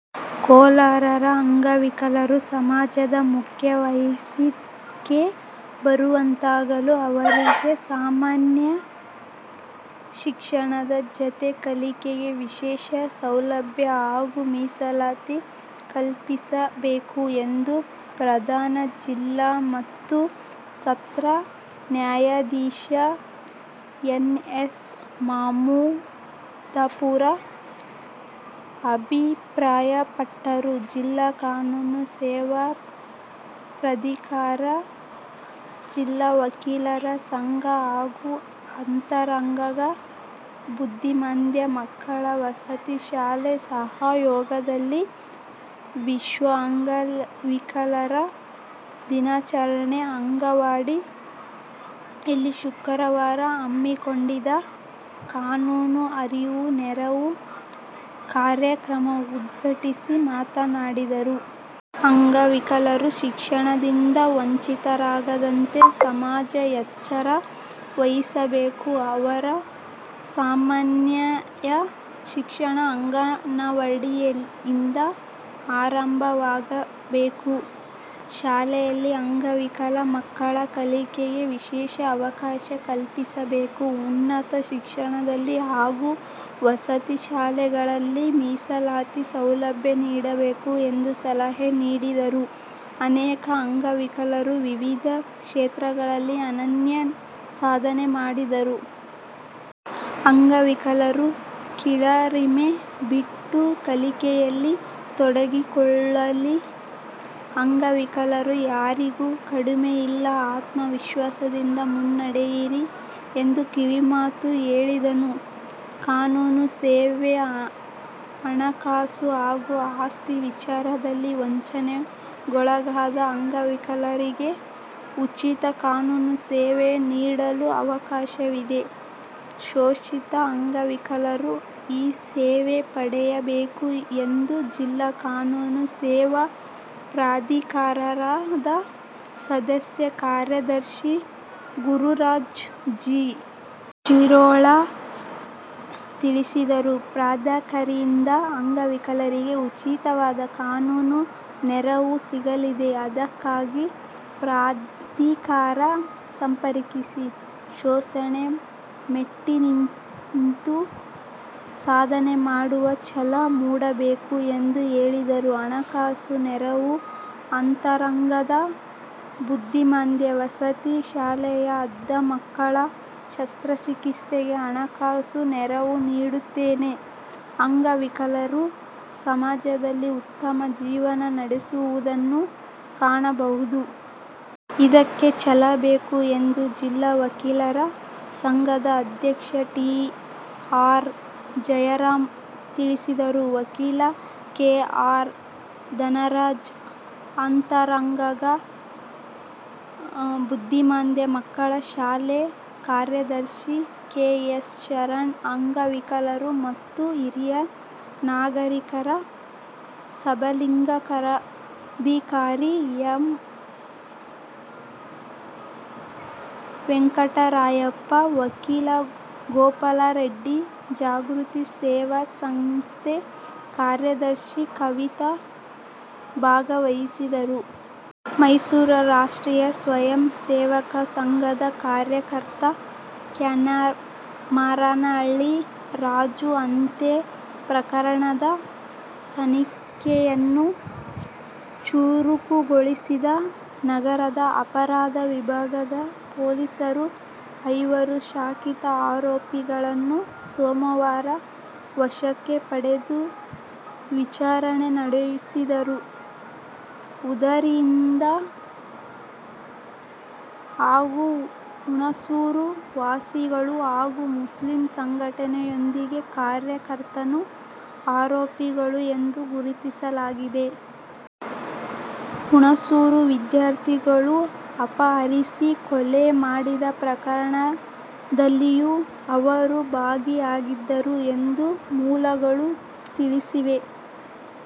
ಕೋಲಾರ: 'ಅಂಗವಿಕಲರು ಸಮಾಜದ ಮುಖ್ಯವಾಹಿನಿಗೆ ಬರುವಂತಾಗಲು ಅವರಿಗೆ ಸಮನ್ವಯ ಶಿಕ್ಷಣದ ಜತೆ ಕಲಿಕೆಗೆ ವಿಶೇಷ ಸೌಲಭ್ಯ ಹಾಗೂ ಮೀಸಲಾತಿ ಕಲ್ಪಿಸಬೇಕು' ಎಂದು ಪ್ರಧಾನ ಜಿಲ್ಲಾ ಮತ್ತು ಸತ್ರ ನ್ಯಾಯಾಧೀಶ ಎನ್. ಎಸ್. ಮಮದಾಪುರ ಅಭಿಪ್ರಾಯಪಟ್ಟರು. ಜಿಲ್ಲಾ ಕಾನೂನು ಸೇವಾ ಪ್ರಾಧಿಕಾರ, ಜಿಲ್ಲಾ ವಕೀಲರ ಸಂಘ ಹಾಗೂ ಅಂತರಗಂಗಾ ಬುದ್ಧಿಮಾಂದ್ಯ ಮಕ್ಕಳ ವಸತಿ ಶಾಲೆ ಸಹಯೋಗದಲ್ಲಿ ವಿಶ್ವ ಅಂಗವಿಕಲರ ದಿನಾಚರಣೆ ಅಂಗವಾಗಿ ಇಲ್ಲಿ ಶುಕ್ರವಾರ ಹಮ್ಮಿಕೊಂಡಿದ್ದ ಕಾನೂನು ಅರಿವು ನೆರವು ಕಾರ್ಯಕ್ರಮ ಉದ್ಘಾಟಿಸಿ ಮಾತನಾಡಿದರು. 'ಅಂಗವಿಕಲರು ಶಿಕ್ಷಣದಿಂದ ವಂಚಿತರಾಗದಂತೆ ಸಮಾಜ ಎಚ್ಚರ ವಹಿಸಬೇಕು. ಅವರ ಸಮನ್ವಯ ಶಿಕ್ಷಣ ಅಂಗನವಾಡಿಯಿಂದ ಆರಂಭವಾಗಬೇಕು. ಶಾಲೆಗಳಲ್ಲಿ ಅಂಗವಿಕಲ ಮಕ್ಕಳ ಕಲಿಕೆಗೆ ವಿಶೇಷ ಅವಕಾಶ ಕಲ್ಪಿಸಬೇಕು. ಉನ್ನತ ಶಿಕ್ಷಣದಲ್ಲಿ ಹಾಗೂ ವಸತಿ ಶಾಲೆಗಳಲ್ಲಿ ಮೀಸಲಾತಿ ಸೌಲಭ್ಯ ನೀಡಬೇಕು' ಎಂದು ಸಲಹೆ ನೀಡಿದರು. 'ಅನೇಕ ಅಂಗವಿಕಲರು ವಿವಿಧ ಕ್ಷೇತ್ರಗಳಲ್ಲಿ ಅನನ್ಯ ಸಾಧನೆ ಮಾಡಿದ್ದಾರೆ. ಅಂಗವಿಕಲರು ಕೀಳರಿಮೆ ಬಿಟ್ಟು ಕಲಿಕೆಯಲ್ಲಿ ತೊಡಗಿಸಿಕೊಳ್ಳಿ. ಅಂಗವಿಕಲರು ಯಾರಿಗೂ ಕಡಿಮೆಯಿಲ್ಲ. ಆತ್ಮವಿಶ್ವಾಸದಿಂದ ಮುನ್ನಡೆಯಿರಿ' ಎಂದು ಕಿವಿಮಾತು ಹೇಳಿದರು. ಕಾನೂನು ಸೇವೆ: 'ಹಣಕಾಸು ಹಾಗೂ ಆಸ್ತಿ ವಿಚಾರದಲ್ಲಿ ವಂಚನೆಗೊಳಗಾದ ಅಂಗವಿಕಲರಿಗೆ ಉಚಿತ ಕಾನೂನು ಸೇವೆ ನೀಡಲು ಅವಕಾಶವಿದೆ. ಶೋಷಿತ ಅಂಗವಿಕಲರು ಈ ಸೇವೆ ಪಡೆಯಬೇಕು' ಎಂದು ಜಿಲ್ಲಾ ಕಾನೂನು ಸೇವಾ ಪ್ರಾಧಿಕಾರದ ಸದಸ್ಯ ಕಾರ್ಯದರ್ಶಿ ಗುರುರಾಜ್ ಜಿ. ಶಿರೋಳ್ ತಿಳಿಸಿದರು. 'ಪ್ರಾಧಿಕಾರದಿಂದ ಅಂಗವಿಕಲರಿಗೆ ಉಚಿತವಾಗಿ ಕಾನೂನು ನೆರವು ಸಿಗಲಿದೆ. ಇದಕ್ಕಾಗಿ ಪ್ರಾಧಿಕಾರ ಸಂಪರ್ಕಿಸಿ. ಶೋಷಣೆ ಮೆಟ್ಟಿನಿಂತು ಸಾಧನೆ ಮಾಡುವ ಛಲ ಮೂಡಬೇಕು' ಎಂದು ಹೇಳಿದರು. ಹಣಕಾಸು ನೆರವು: 'ಅಂತರಗಂಗಾ ಬುದ್ಧಿಮಾಂದ್ಯ ವಸತಿ ಶಾಲೆಯ ಅಂಧ ಮಕ್ಕಳ ಶಸ್ತ್ರಚಿಕಿತ್ಸೆಗೆ ಹಣಕಾಸು ನೆರವು ನೀಡುತ್ತೇನೆ. ಅಂಗವಿಕಲರು ಸಮಾಜದಲ್ಲಿ ಉತ್ತಮ ಜೀವನ ನಡೆಸುತ್ತಿರುವುದನ್ನು ಕಾಣಬಹುದು. ಇದಕ್ಕೆ ಛಲ ಬೇಕು ಎಂದು ಜಿಲ್ಲಾ ವಕೀಲರ ಸಂಘದ ಅಧ್ಯಕ್ಷ ಟಿ. ಆರ್. ಜಯರಾಮ್ ತಿಳಿಸಿದರು. ವಕೀಲ ಕೆ. ಆರ್. ಧನರಾಜ್, ಅಂತರಗಂಗಾ ಬುದ್ಧಿಮಾಂದ್ಯ ಮಕ್ಕಳ ಶಾಲೆ ಕಾರ್ಯದರ್ಶಿ ಕೆ.ಎಸ್. ಶಂಕರ್, ಅಂಗವಿಕಲರು ಮತ್ತು ಹಿರಿಯ ನಾಗರೀಕರ ಸಬಲೀಕರಣಾಧಿಕಾರಿ ಎಂ. ವೆಂಕಟರಾಮಪ್ಪ, ವಕೀಲ ಗೋಪಾಲರೆಡ್ಡಿ, ಜಾಗೃತಿ ಸೇವಾ ಸಂಸ್ಥೆ ಕಾರ್ಯದರ್ಶಿ ಕವಿತಾ ಭಾಗವಹಿಸಿದ್ದರು. ಮೈಸೂರು: ರಾಷ್ಟ್ರೀಯ ಸ್ವಯಂ ಸೇವಕ ಸಂಘದ ಕಾರ್ಯಕರ್ತ ಕ್ಯಾತಮಾರನಹಳ್ಳಿ ರಾಜು ಹತ್ಯೆ ಪ್ರಕರಣದ ತನಿಖೆಯನ್ನು ಚುರುಕುಗೊಳಿಸಿದ ನಗರ ಅಪರಾಧ ವಿಭಾಗದ ಪೊಲೀಸರು, ಐವರು ಶಂಕಿತ ಆರೋಪಿಗಳನ್ನು ಸೋಮವಾರ ವಶಕ್ಕೆ ಪಡೆದು ವಿಚಾರಣೆ ನಡೆಸುತ್ತಿದ್ದಾರೆ. ಉದಯಗಿರಿ ಹಾಗೂ ಹುಣಸೂರು ನಿವಾಸಿಗಳು ಹಾಗೂ ಮುಸ್ಲಿಂ ಸಂಘಟನೆಯೊಂದರ ಕಾರ್ಯಕರ್ತರು ಆರೋಪಿಗಳು ಎಂದು ಗುರುತಿಸಲಾಗಿದೆ. ಹುಣಸೂರು ವಿದ್ಯಾರ್ಥಿಗಳನ್ನು ಅಪಹರಿಸಿ ಕೊಲೆ ಮಾಡಿದ ಪ್ರಕರಣದಲ್ಲಿಯೂ ಇವರು ಭಾಗಿಯಾಗಿದ್ದರು ಎಂದು ಮೂಲಗಳು ತಿಳಿಸಿವೆ.